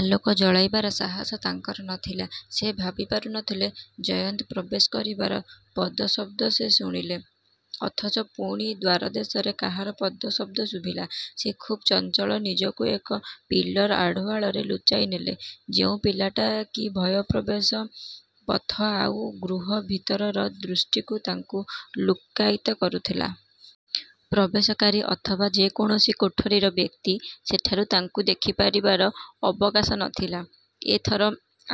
ଆଲୋକ ଜଳାଇବାର ସାହସ ତାଙ୍କର ନ ଥିଲା। ସେ ଭାବି ପାରୁ ନ ଥିଲେ ଜୟନ୍ତ ପ୍ରବେଶ କରିବାର ପଦଶବ୍ଦ ସେ ଶୁଣିଲେ ଅଥଚ ପୁଣି ଦ୍ୱାରଦେଶରେ କାହାର ପଦଶବ୍ଦ ଶୁଭିଲା। ସେ ଖୁବ୍ ଚଞ୍ଚଳ ନିଜକୁ ଏକ ପିଲର୍ ଆଢ଼ୁଆଳରେ ଲୁଚାଇ ନେଲେ। ଯେଉଁ ପିଲରଟା କି ଉଭୟ ପ୍ରବେଶ ପଥ ଆଉ ଗୃହ ଭିତରର ଦୃଷ୍ଟିରୁ ତାଙ୍କୁ ଲୁକ୍କାୟିତ କରୁଥିଲା। ପ୍ରବେଶକାରୀ ଅଥବା ଯେ କୌଣସି କୋଠରିର ବ୍ୟକ୍ତି ସେଠାରୁ ତାଙ୍କୁ ଦେଖି ପାରିବାର ଅବକାଶ ନ ଥିଲା। ଏ ଥର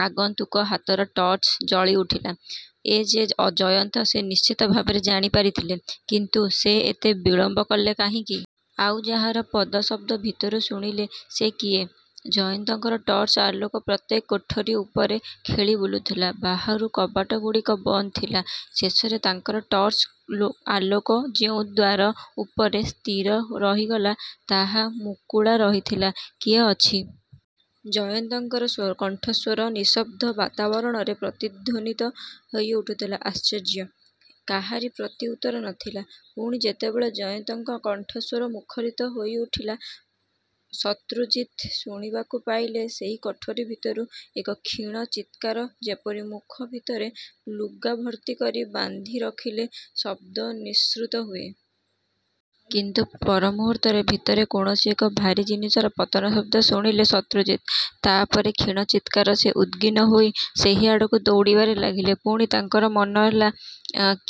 ଆଗନ୍ତୁକ ହାତର ଟର୍ଚ୍ଚ ଜଳିଉଠିଲା। ଏ ଯେ ଜୟନ୍ତ ସେ ନିଶ୍ଚିତ ଭାବରେ ଜାଣି ପାରିଥିଲେ। କିନ୍ତୁ ସେ ଏତେ ବିଳମ୍ବ କଲା କାହିଁକି? ଆଉ ଯାହାର ପଦଶବ୍ଦ ଭିତରୁ ଶୁଣିଲେ ସେ କିଏ? ଜୟନ୍ତର ଟର୍ଚ୍ଚର ଆଲୋକ ପ୍ରତ୍ୟେକ କୋଠରି ଉପରେ ଖେଳି ବୁଲୁଥିଲା। ବାହାରୁ କବାଟଗୁଡ଼ିକ ବନ୍ଦ ଥିଲା। ଶେଷରେ ତାଙ୍କର ଟର୍ଚ୍ଚର ଲୋ ଆଲୋକ ଯେଉଁ ଦ୍ୱାର ଉପରେ ସ୍ଥିର ରହିଗଲା ତାହା ମୁକୁଳା ରହିଥିଲା। କିଏ ଅଛି? ଜୟନ୍ତଙ୍କର ସ୍ଵ କଣ୍ଠସ୍ୱର ନିସ୍ତବ୍ଧ ବାତାବରଣରେ ପ୍ରତିଧ୍ୱନିତ ହୋଇଉଠୁଥିଲା। ଆଶ୍ଚର୍ଯ୍ୟ। କାହାରି ପ୍ରତିଉତ୍ତର ନ ଥିଲା। ପୁଣି ଯେତେବେଳେ ଜୟନ୍ତଙ୍କ କଣ୍ଠସ୍ୱର ମୁଖରିତ ହୋଇ ଉଠିଲା ଶତ୍ରୁଜିତ୍ ଶୁଣିବାକୁ ପାଇଲେ ସେହି କୋଠରି ଭିତରୁ ଏକ କ୍ଷୀଣ ଚିତ୍କାର। ଯେପରି ମୁଖ ଭିତରେ ଲୁଗା ଭର୍ତ୍ତି କରି ବାନ୍ଧି ରଖିଲେ ଶବ୍ଦ ନିଃସୃତ ହୁଏ। କିନ୍ତୁ ପରମୁହୂର୍ତ୍ତରେ ଭିତରେ କୌଣସି ଏକ ଭାରୀ ଜିନିଷର ପତନ ଶବ୍ଦ ଶୁଣିଲେ ଶତ୍ରୁଜିତ୍। ତା ପରେ କ୍ଷୀଣ ଚିତ୍କାର। ସେ ଉଦ୍ବିଗ୍ନ ହୋଇ ସେହି ଆଡ଼କୁ ଦୌଡ଼ିବାରେ ଲାଗିଲେ। ପୁଣି ତାଙ୍କର ମନେ ହେଲା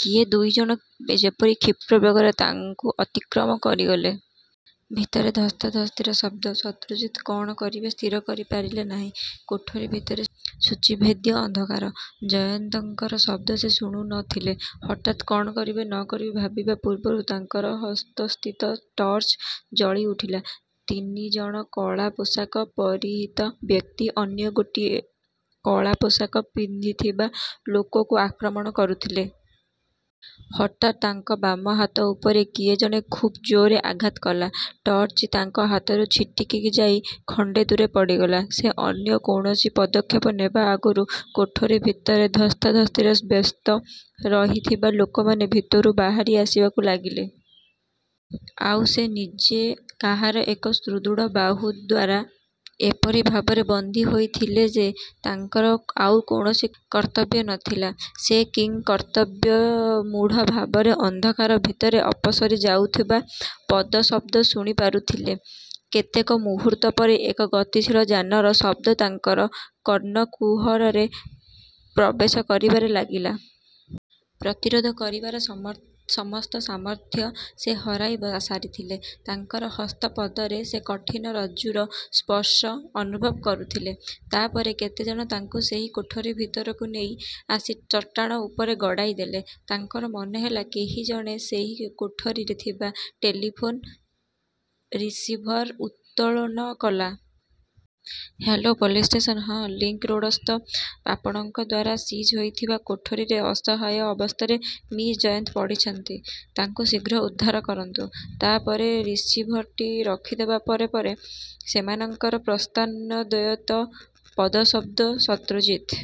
କିଏ ଦୁଇ ଜଣ ଯେପରି କ୍ଷିପ୍ର ବେଗରେ ତାଙ୍କୁ ଅତିକ୍ରମ କରିଗଲେ। ଭିତରେ ଧସ୍ତାଧସ୍ତିର ଶବ୍ଦ। ଶତ୍ରୁଜିତ୍ କଣ କରିବେ ସ୍ଥିର କରି ପାରିଲେ ନାହିଁ। କୋଠରି ଭିତରେ ସୂଚୀଭେଦ୍ୟ ଅନ୍ଧକାର। ଜୟନ୍ତଙ୍କର ଶବ୍ଦ ସେ ଶୁଣୁ ନ ଥିଲେ। ହଠାତ୍ କଣ କରିବେ ନ କରିବେ ଭାବିବା ପୂର୍ବରୁ ତାଙ୍କର ହସ୍ତସ୍ଥିତ ଟର୍ଚ୍ଚ ଜଳିଉଠିଲା। ତିନି ଜଣ କଳା ପୋଷାକ ପରିହିତ ବ୍ୟକ୍ତି ଅନ୍ୟ ଗୋଟିଏ କଳା ପୋଷାକ ପିନ୍ଧିଥିବା ଲୋକକୁ ଆକ୍ରମଣ କରୁଥିଲେ। ହଠାତ୍ ତାଙ୍କ ବାମ ହାତ ଉପରେ କିଏ ଜଣେ ଖୁବ୍ ଜୋରରେ ଆଘାତ କଲା। ଟର୍ଚ୍ଚଟି ତାଙ୍କ ହାତରୁ ଛିଟିକି ଯାଇ ଖଣ୍ଡେ ଦୂରରେ ପଡ଼ିଗଲା। ସେ ଅନ୍ୟ କୌଣସି ପଦକ୍ଷେପ ନେବା ଆଗରୁ କୋଠରି ଭିତରେ ଧସ୍ତାଧସ୍ତିରେ ବ୍ୟସ୍ତ ରହିଥିବା ଲୋକମାନେ ଭିତରୁ ବାହାରି ଆସିବାକୁ ଲାଗିଲେ। ଆଉ ସେ ନିଜେ କାହାର ଏକ ସୁଦୃଢ଼ ବାହୁ ଦ୍ୱାରା ଏପରି ଭାବରେ ବନ୍ଦୀ ହୋଇ ଥିଲେ ଯେ ତାଙ୍କର ଆଉ କୌଣସି କର୍ତ୍ତବ୍ୟ ନ ଥିଲା। ସେ କିଂକର୍ତ୍ତବ୍ୟବିମୂଢ଼ ଭାବରେ ଅନ୍ଧକାର ଭିତରେ ଅପସରି ଯାଉଥିବା ପଦଶବ୍ଦ ଶୁଣିପାରିଥିଲେ। କେତେକ ମୁହୂର୍ତ୍ତ ପରେ ଏକ ଗତିଶୀଳ ଯାନର ଶବ୍ଦ ତାଙ୍କର କର୍ଣ୍ଣକୁହରରେ ପ୍ରବେଶ କରିବାରେ ଲାଗିଲା। ପ୍ରତିରୋଧ କରିବାର ସମ୍ ସମସ୍ତ ସାମର୍ଥ୍ୟ ସେ ହରାଇ ବ ସାରିଥିଲେ। ତାଙ୍କର ହସ୍ତପଦରେ ସେ କଠିନ ରଜ୍ଜୁର ସ୍ପର୍ଶ ଅନୁଭବ କରୁଥିଲେ। ତା ପରେ କେତେ ଜଣ ତାଙ୍କୁ ସେହି କୋଠରି ଭିତରକୁ ନେଇ ଆସି ଚଟାଣ ଉପରେ ଗଡ଼ାଇ ଦେଲେ। ତାଙ୍କର ମନେହେଲା କେହି ଜଣେ ସେହି କୋଠରିରେ ଥିବା ଟେଲିଫୋନ୍ ରିସିଭର ଉତ୍ତୋଳନ କଲା। ହ୍ୟାଲୋ ପୋଲିସ ଷ୍ଟେସନ ହଁ ଲିଙ୍କ୍ ରୋଡ଼ସ୍ଥ ଆପଣଙ୍କ ଦ୍ୱାରା ସିଜ୍ ହୋଇଥିବା କୋଠରିରେ ଅସହାୟ ଅବସ୍ଥାରେ ମି ଜୟନ୍ତ ପଡ଼ିଛନ୍ତି। ତାଙ୍କୁ ଶୀଘ୍ର ଉଦ୍ଧାର କରନ୍ତୁ। ତା ପରେ ରିସିଭରଟି ରଖିଦେବା ପରେ ପରେ ସେମାନଙ୍କର ପ୍ରସ୍ଥାନୋଦ୍ୱୟୋତ୍ଵ ପଦଶବ୍ଦ ଶତ୍ରୁଜିତ୍